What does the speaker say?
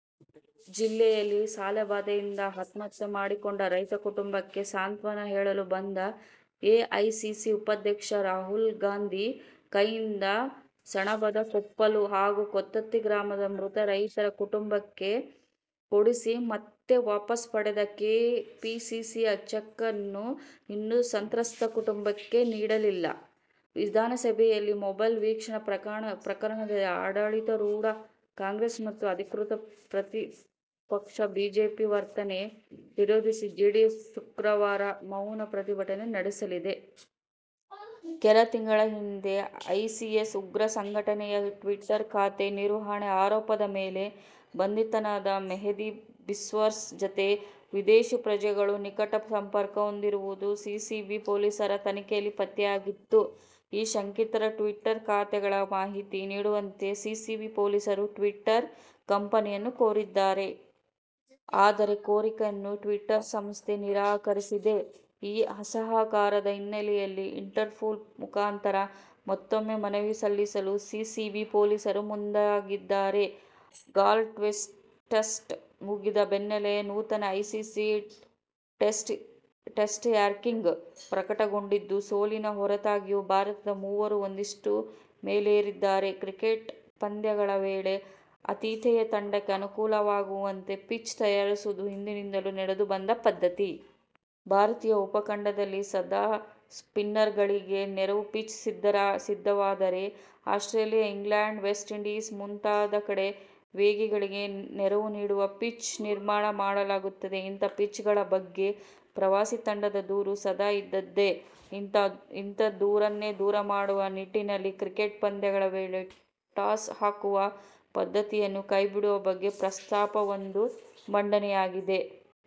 ಜಿಲ್ಲೆಯಲ್ಲಿ ಸಾಲಬಾಧೆಯಿಂದ ಆತ್ಮಹತ್ಯೆ ಮಾಡಿಕೊಂಡ ರೈತರ ಕುಟುಂಬಕ್ಕೆ ಸಾಂತ್ವನ ಹೇಳಲು ಬಂದ ಎಐಸಿಸಿ ಉಪಾಧ್ಯಕ್ಷ ರಾಹುಲ್ಗಾಂಧಿ ಕೈಯಿಂದ ಸಣಬದ ಕೊಪ್ಪಲು ಹಾಗೂ ಕೊತ್ತತ್ತಿ ಗ್ರಾಮದ ಮೃತ ರೈತರ ಕುಟುಂಬಕ್ಕೆ ಕೊಡಿಸಿ ಮತ್ತೆ ವಾಪಸ್ ಪಡೆದ ಕೆಪಿಸಿಸಿಯ ಚೆಕ್ ಅನ್ನು ಇನ್ನೂ ಸಂತ್ರಸ್ತ ಕುಟುಂಬಕ್ಕೆ ನೀಡಿಲ್ಲ! ವಿಧಾನಸಭೆಯಲ್ಲಿ ಮೊಬೈಲ್ ವೀಕ್ಷಣೆ ಪ್ರಕರಣದಲ್ಲಿ ಆಡಳಿತಾರೂಢ ಕಾಂಗ್ರೆಸ್ ಮತ್ತು ಅಧಿಕೃತ ಪ್ರತಿಪಕ್ಷ ಬಿಜೆಪಿ ವರ್ತನೆ ವಿರೋಧಿಸಿ ಜೆಡಿಎಸ್ ಶುಕ್ರವಾರ ಮೌನ ಪ್ರತಿಭಟನೆ ನಡೆಸಲಿದೆ. ಕೆಲ ತಿಂಗಳ ಹಿಂದೆ ಐಸಿಎಸ್ ಉಗ್ರ ಸಂಘಟನೆಯ ಟ್ವೀಟರ್ ಖಾತೆ ನಿರ್ವಹಣೆ ಆರೋಪದ ಮೇಲೆ ಬಂಧಿತನಾದ ಮೆಹದಿ ಬಿಸ್ವಾಸ್ ಜತೆ ವಿದೇಶಿ ಪ್ರಜೆಗಳು ನಿಕಟ ಸಂಪರ್ಕ ಹೊಂದಿರುವುದು ಸಿಸಿಬಿ ಪೊಲೀಸರ ತನಿಖೆಯಲ್ಲಿ ಪತ್ತೆಯಾಗಿತ್ತು. ಈ ಶಂಕಿತರ ಟ್ವೀಟರ್ ಖಾತೆಗಳ ಮಾಹಿತಿ ನೀಡುವಂತೆ ಸಿಸಿಬಿ ಪೊಲೀಸರು ಟ್ವೀಟರ್ ಕಂಪನಿಯನ್ನು ಕೋರಿದ್ದರು. ಆದರೆ ಕೋರಿಕೆಯನ್ನು ಟ್ವೀಟರ್ ಸಂಸ್ಥೆ ನಿರಾಕರಿಸಿದೆ. ಈ ಅಸಹಕಾರದ ಹಿನ್ನೆಲೆಯಲ್ಲಿ ಇಂಟರ್ಪೋಲ್ ಮುಖಾಂತರ ಮತ್ತೂಮ್ಮೆ ಮನವಿ ಸಲ್ಲಿಸಲು ಸಿಸಿಬಿ ಪೊಲೀಸರು ಮುಂದಾಗಿದ್ದಾರೆ. ಗಾಲೆ ಟೆಸ್ಟ್ ಮುಗಿದ ಬೆನ್ನಲ್ಲೇ ನೂತನ ಐಸಿಸಿ ಟೆಸ್ಟ್ ರ್ಯಾಂಕಿಂಗ್ ಪ್ರಕಟಗೊಂಡಿದ್ದು, ಸೋಲಿನ ಹೊರತಾಗಿಯೂ ಭಾರತದ ಮೂವರು ಒಂದಿಷ್ಟು ಮೇಲೇರಿದ್ದಾರೆ. ಕ್ರಿಕೆಟ್ ಪಂದ್ಯಗಳ ವೇಳೆ, ಆತಿಥೇಯ ತಂಡಕ್ಕೆ ಅನುಕೂಲವಾಗುವಂತೆ ಪಿಚ್ ತಯಾರಿಸುವುದು ಹಿಂದಿನಿಂದಲೂ ನಡೆದು ಬಂದ ಪದ್ಧತಿ. ಭಾರತೀಯ ಉಪಖಂಡದಲ್ಲಿ ಸದಾ ಸ್ಪಿನ್ನರ್ಗಳಿಗೆ ನೆರವು ಪಿಚ್ ಸಿದ್ಧವಾದರೆ, ಆಸ್ಟ್ರೇಲಿಯಾ, ಇಂಗ್ಲೆಂಡ್, ವೆಸ್ಟ್ಇಂಡೀಸ್ ಮುಂತಾದಕಡೆ ವೇಗಿಗಳಿಗೆ ನೆರವು ನೀಡುವ ಪಿಚ್ ನಿರ್ಮಾಣ ಮಾಡಲಾಗುತ್ತದೆ. ಇಂಥ ಪಿಚ್ಗಳ ಬಗ್ಗೆ ಪ್ರವಾಸಿ ತಂಡದ ದೂರು ಸದಾ ಇದ್ದದ್ದೇ. ಇಂಥ ದೂರನ್ನೇ ದೂರ ಮಾಡುವ ನಿಟ್ಟಿನಲ್ಲಿ ಕ್ರಿಕೆಟ್ ಪಂದ್ಯಗಳ ವೇಳೆ ಟಾಸ್ ಹಾಕುವ ಪದ್ಧತಿಯನ್ನೇ ಕೈಬಿಡುವ ಬಗ್ಗೆ ಪ್ರಸ್ತಾಪವೊಂದು ಮಂಡನೆಯಾಗಿದೆ.